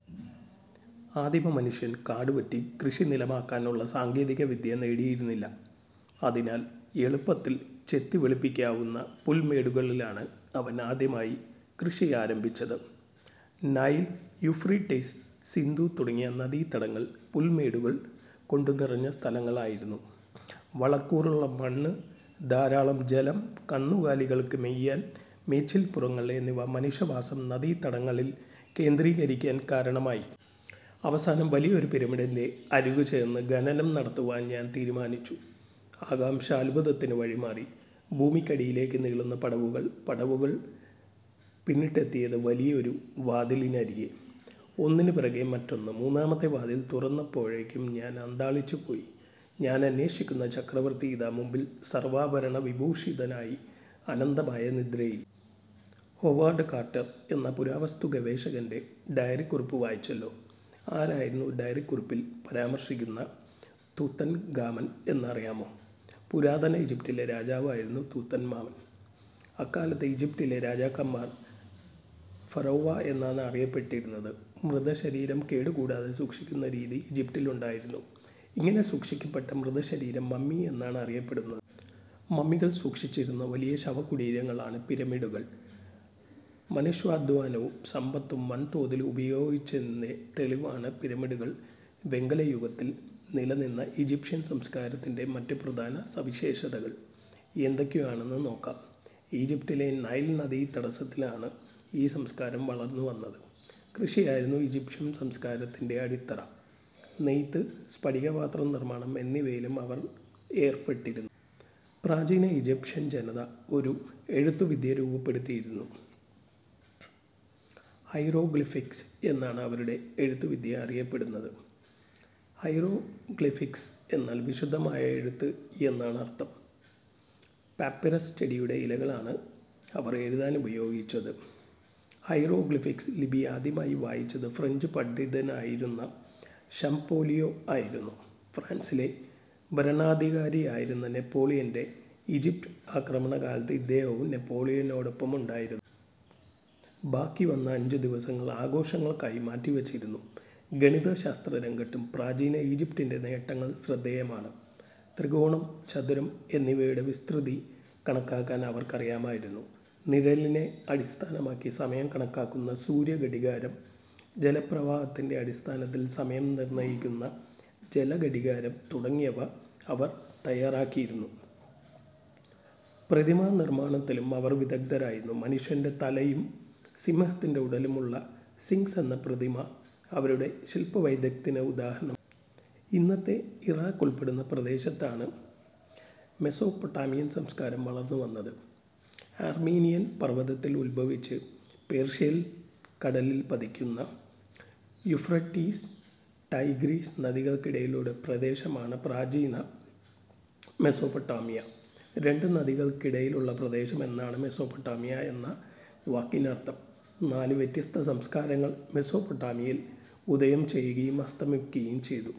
ആദിമമനുഷ്യൻ കാടുവെട്ടി കൃഷിനിലമാക്കാനുള്ള സാങ്കേതികവിദ്യ നേടിയിരുന്നില്ല. അതിനാൽ എളുപ്പത്തിൽ ചെത്തി വെളിപ്പിക്കാവുന്ന പുൽമേടുകളിലാണ് അവൻ ആദ്യമായി കൃഷിയാരംഭിച്ചത്. നൈൽ, യൂഫ്രട്ടീസ്, സിന്ധു തുടങ്ങിയ നദീതടങ്ങൾ പുൽമേടുകൾ കൊണ്ടുനിറഞ്ഞ സ്ഥലങ്ങളായിരുന്നു. വളക്കൂറുള്ള മണ്ണ്, ധാരാളം ജലം, കന്നുകാലികൾക്ക് മേയാൻ മേച്ചിൽപ്പുറങ്ങൾ എന്നിവ മനുഷ്യവാസം നദീതടങ്ങളിൽ കേന്ദ്രീകരിക്കാൻ കാരണമായി. അവസാനം വലിയൊരു പിരമിഡിന്റെ അരികു ചേർന്ന് ഖനനം നടത്തുവാൻ ഞാൻ തീരുമാനിച്ചു. ആകാംക്ഷ അത്ഭുതത്തിനു വഴിമാറി. ഭൂമിക്കടിയിലേക്ക് നീളുന്ന പടവുകൾ. പടവുകൾ പിന്നിട്ടെത്തിയത് വലിയൊരു വാതിലിനരികെ. ഒന്നിനുപിറകെ മറ്റൊന്ന്. മൂന്നാമത്തെ വാതിൽ തുറന്നപ്പോഴേക്കും ഞാൻ അന്ധാളിച്ചുപോയി. ഞാൻ അന്വേഷിക്കുന്ന ചക്രവർത്തി ഇതാ മുമ്പിൽ സർവ്വാഭരണ വിഭൂഷിതനായി അനന്തമായ നിദ്രയിൽ.. ഹൊവാർഡ് കാർട്ടർ എന്ന പുരാവസ്തു ഗവേഷകന്റെ ഡയറിക്കുറിപ്പ് വായിച്ചല്ലോ. ആരായിരുന്നു ഡയറിക്കുറിപ്പിൽ പരാമർശിക്കുന്ന തൂത്തൻഖാമൻ എന്നറിയാമോ? പുരാതന ഈജിപ്തിലെ രാജാവായിരുന്നു തൂത്തൻഖാമൻ. അക്കാലത്ത് ഈജിപ്തിലെ രാജാക്കന്മാർ ഫറോവ എന്നാണ് അറിയപ്പെട്ടിരുന്നത്. മൃതശരീരം കേടു കൂടാതെ സൂക്ഷിക്കുന്ന രീതി ഈജിപ്തിലുണ്ടായിരുന്നു. ഇങ്ങനെ സൂക്ഷിക്കപ്പെട്ട മൃതശരീരം മമ്മി എന്നാണ് അറിയപ്പെടുന്നത്. മമ്മികൾ സൂക്ഷിച്ചിരുന്ന വലിയ ശവകുടീരങ്ങളാണ് പിരമിഡുകൾ. മനുഷ്യാധ്വാനവും സമ്പത്തും വൻതോതിൽ ഉപയോഗിച്ചിരുന്നതിന്റെ തെളിവാണ് പിരമിഡുകൾ വെങ്കല യുഗത്തിൽ നില നിന്ന ഈജിപ്ഷ്യൻ സംസ്കാരത്തിന്റെ മറ്റ് പ്രധാന സവിശേഷതകൾ എന്തൊക്കെയാണെന്ന് നോക്കാം. ഈജിപ്തിലെ നൈൽ നദീതടത്തിലാണ് ഈ സംസ്കാരം വളർന്നുവന്നത്. കൃഷിയായിരുന്നു ഈജിപ്ഷ്യൻ സംസ്കാരത്തിന്റെ അടിത്തറ. നെയ്ത്ത്, സ്ഫടിക പാത്ര നിർമ്മാണം എന്നിവയിലും അവർ ഏർപ്പെട്ടിരുന്നു. പ്രാചീന ഈജിപ്ഷ്യൻ ജനത ഒരു എഴുത്തുവിദ്യ രൂപപ്പെടുത്തിയിരുന്നു. ഹൈറോഗ്ലിഫിക്സ് എന്നാണ് അവരുടെ എഴുത്തുവിദ്യ അറിയപ്പെടുന്നത്. ഹൈറോ ഗ്ലിഫിക്സ് എന്നാൽ വിശുദ്ധമായ എഴുത്ത് എന്നാണ് അർത്ഥം. പാപ്പിറസ് ചെടിയുടെ ഇലകളാണ് അവർ എഴുതാൻ ഉപയോഗിച്ചത്. ഹൈറോഗ്ലിഫിക്സ് ലിപി ആദ്യമായി വായിച്ചത് ഫ്രഞ്ചു പണ്ഡിതനായിരുന്ന ഷംപോലിയോ ആയിരുന്നു. ഫ്രാൻസിലെ ഭരണാധികാരിയായിരുന്ന നെപ്പോളിയന്റെ ഈജിപ്ത് ആക്രമണകാലത്ത് ഇദ്ദേഹവും നെപ്പോളിയനോടൊപ്പം ഉണ്ടായിരുന്നു. ബാക്കി വന്ന അഞ്ചുദിവസങ്ങൾ ആഘോഷങ്ങൾക്കായി മാറ്റിവച്ചിരുന്നു. ഗണിതശാസ്ത്രരംഗത്തും പ്രാചീന ഈജിപ്തിന്റെ നേട്ടങ്ങൾ ശ്രദ്ധേയമാണ്. ത്രികോണം, ചതുരം എന്നിവയുടെ വിസ്തൃതി കണക്കാക്കാൻ അവർക്കറിയാമായിരുന്നു. നിഴലിനെ അടിസ്ഥാനമാക്കി സമയം കണക്കാക്കുന്ന സൂര്യഘടികാരം, ജലപ്രവാഹത്തിന്റെ അടിസ്ഥാനത്തിൽ സമയം നിർണ്ണയിക്കുന്ന ജലഘടികാരം തുടങ്ങിയവ അവർ തയ്യാറാക്കിയിരുന്നു. പ്രതിമാനിർമാണത്തിലും അവർ വിദഗ്ധരായിരുന്നു. മനുഷ്യന്റെ തലയും സിംഹത്തിന്റെ ഉടലുമുള്ള സിംഗ്സ് എന്ന പ്രതിമ അവരുടെ ശില്പ വൈദഗ്ധ്യത്തിന് ഉദാഹരണമാണ്. ഇന്നത്തെ ഇറാഖ് ഉൾപ്പെടുന്ന പ്രദേശത്താണ് മെസൊപ്പൊട്ടാമിയൻ സംസ്കാരം വളർന്നുവന്നത്. ആർമീനിയൻ പർവ്വതത്തിൽനിന്ന് ഉത്ഭവിച്ച് പേർഷ്യൻ കടലിൽ പതിക്കുന്ന യൂഫ്രട്ടീസ്, ടൈഗ്രീസ് നദികൾക്കിടയിലുള്ള പ്രദേശമാണ് പ്രാചീന മെസൊപ്പൊട്ടാമിയ. രണ്ട് നദികൾക്കിടയിലുള്ള പ്രദേശം എന്നാണ് മെസൊപ്പൊട്ടാമിയ എന്ന വാക്കിനർത്ഥം. നാല് വ്യത്യസ്ത സംസ്കാരങ്ങൾ മെസൊപ്പൊട്ടാമിയയിൽ ഉദയം ചെയ്യുകയും അസ്തമിക്കുകയും ചെയ്തു.